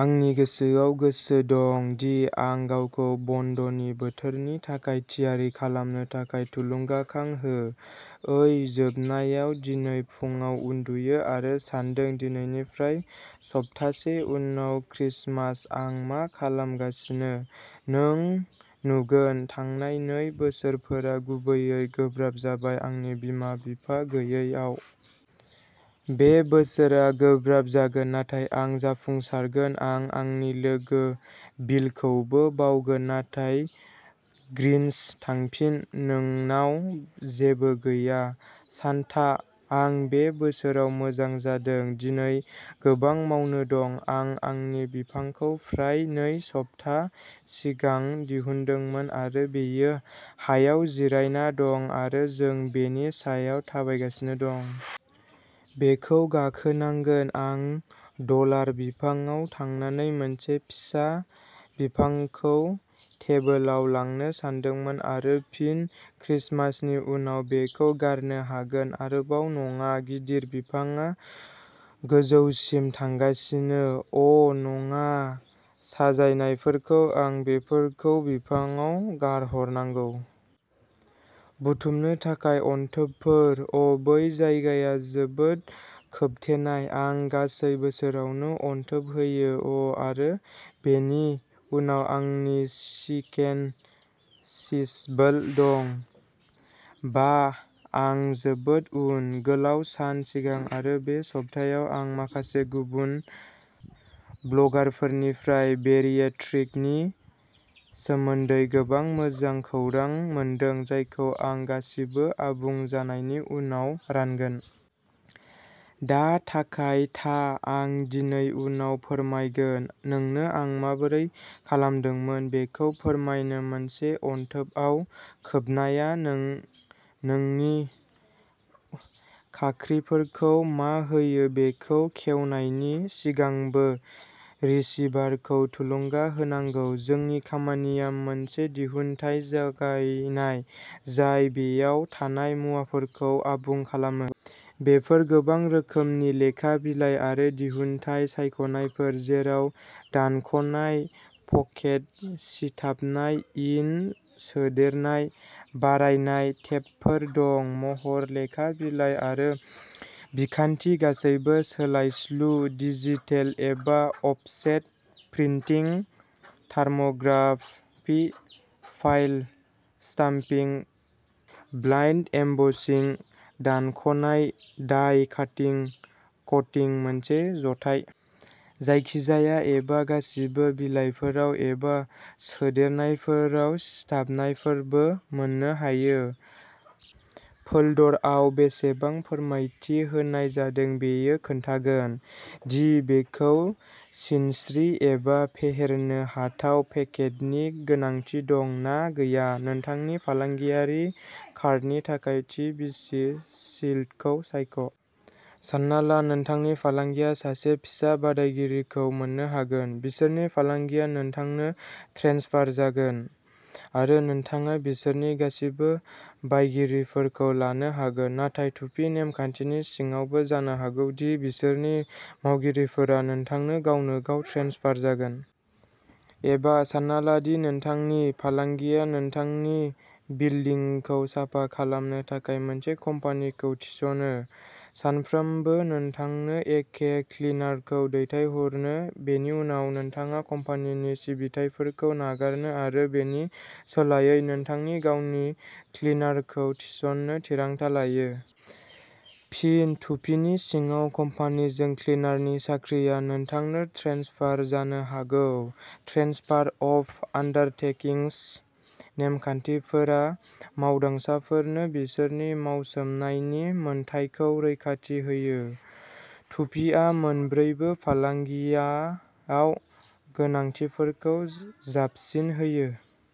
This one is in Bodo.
आंनि गोसोआव गोसो दं दि आं गावखौ बन्दनि बोथोरनि थाखाय थियारि खालामनो थाखाय थुलुंगाखां हो। ओइ जोबनायाव दिनै फुंआव उन्दुयो आरो सान्दों दिनैनिफ्राय सप्तासे उनाव क्रिसमास, आं मा खालामगासिनो? नों नुगोन थांनाय नै बोसोरफोरा गुबैयै गोब्राब जाबाय आंनि बिमा-बिफा गैयैआव। बे बोसोरआ गोब्राब जागोन नाथाय आं जाफुंसारगोन। आं आंनि लोगो बिलखौबो बावगोन। नाथाय ग्रिन्च थांफिन, नोंनाव जेबो गैया। सान्ता आं बे बोसोराव मोजां जादों। दिनै गोबां मावनो दं, आं आंनि बिफांखौ फ्राय नै सप्ताह सिगां दिहुनदोंमोन आरो बेयो हायाव जिरायना दं आरो जों बेनि सायाव थाबायगासिनो दं। बेखौ गाखोनांगोन, आं डलार बिफांआव थांनानै मोनसे फिसा बिफांखौ टेबोलाव लांनो सानदोंमोन आरो फिन क्रिसमासनि उनाव बेखौ गारनो हागोन आरोबाव नङा। गिदिर बिफांआ गोजौसिम थांगासिनो, अ ' नङा। साजायनायफोरखौ आं बेफोरखौ बिफांआव गारहरनांगौ। बुथुमनो थाखाय अनथोबफोर, अ' बै जायगाया जोबोद खोबथेनाय। आं गासै बोसोरावनो अनथोब होयो। अ' आरो बेनि उनाव आंनि चिकेन चिजबोल दं बाह, आं जोबोद उन। गोलाव सान सिगां। आरो बे सप्तायाव आं माखासे गुबुन ब्लगारफोरनिफ्राय बेरिएट्रिक नि सोमोन्दै गोबां मोजां खौरां मोनदों, जायखौ आं गासिबो आबुं जानायनि उनाव रानगोन। दा थाखाय ताह आं दिनै उनाव फोरमायगोन नोंनो आं माबोरै खालामदोंमोन बेखौ फोरमायनो। मोनसे अनथोबआव खोबनाया। नों नोंनि खाख्रिफोरखौ मा होयो, बेखौ खेवनायनि सिगांबो रिसीभारखौ थुलुंगा होनांगौ। जोंनि खामानिया मोनसे दिहुनथाय जगायनाय, जाय बेयाव थानाय मुवाफोरखौ आबुं खालामो। बेफोर गोबां रोखोमनि लेखा बिलाइ आरो दिहुनथाय सायख'नायफोर, जेराव दानख'नाय पकेट, सिथाबनाय इन सोदेरनाय, बारायनाय टेबफोर दं महर, लेखा बिलाइ आरो बिखान्थि गासैबो सोलायस्लु। डिजिटेल एबा offset printing, thermography, foil stamping, blind embossing, दानख'नाय, डाइ काटिं, क'टिं मोनसे जथाय। जायखिजाया एबा गासिबो। बिलाइफोराव एबा सोदेरनायफोराव सिथाबनायफोरबो मोननो हायो। फोल्डरआव बेसेबां फोरमायथि होनाय जादों बेयो खोन्थागोन दि बेखौ सिनस्रि एबा फेहेरनो हाथाव पकेटनि गोनांथि दं ना गैया। नोंथांनि फालांगियारि कार्डनि थाखाय थि बिसि स्लिटखौ सायख'। सानना ला नोंथांनि फालांगिया सासे फिसा बादायगिरिखौ मोन्नो हागोन। बिसोरनि फालांगिया नोंथांनो ट्रेन्सफार जागोन, आरो नोंथाङा बिसोरनि गासिबो बायगिरिफोरखौ लानो हागोन। नाथाय टुपी नेमखान्थिनि सिङावबो जानो हागौ दि बिसोरनि मावगिरिफोरा नोंथांनो गावनो गाव ट्रेन्सफार जागोन। एबा सानना ला दि नोंथांनि फालांगिया नोंथांनि बिल्दिंखौ साफा खालामनो थाखाय मोनसे कम्पानिखौ थिसनो सानफ्रोमबो नोंथांनो एखे क्लिनारखौ दैथायहरनो। बेनि उनाव नोंथाङा कम्पानिनि सिबिथाइफोरखौ नागारनो आरो बेनि सोलायै नोंथांनि गावनि क्लिनारखौ थिसननो थिरांथा लायो। फिन, टुपीनि सिङाव, कम्पानिजों क्लिनारनि साख्रिआ नोंथांनो ट्रेन्सफार जानो हागौ। ट्रेन्सफार अफ आन्डारटेकिंग्स नेमखान्थिफोरा मावदांसाफोरनो बिसोरनि मावसोमनायनि मोन्थाइखौ रैखाथि होयो। टुपीआ मोन्नैबो फालांगियाव गोनांथिफोरखौ जाबसिन होयो।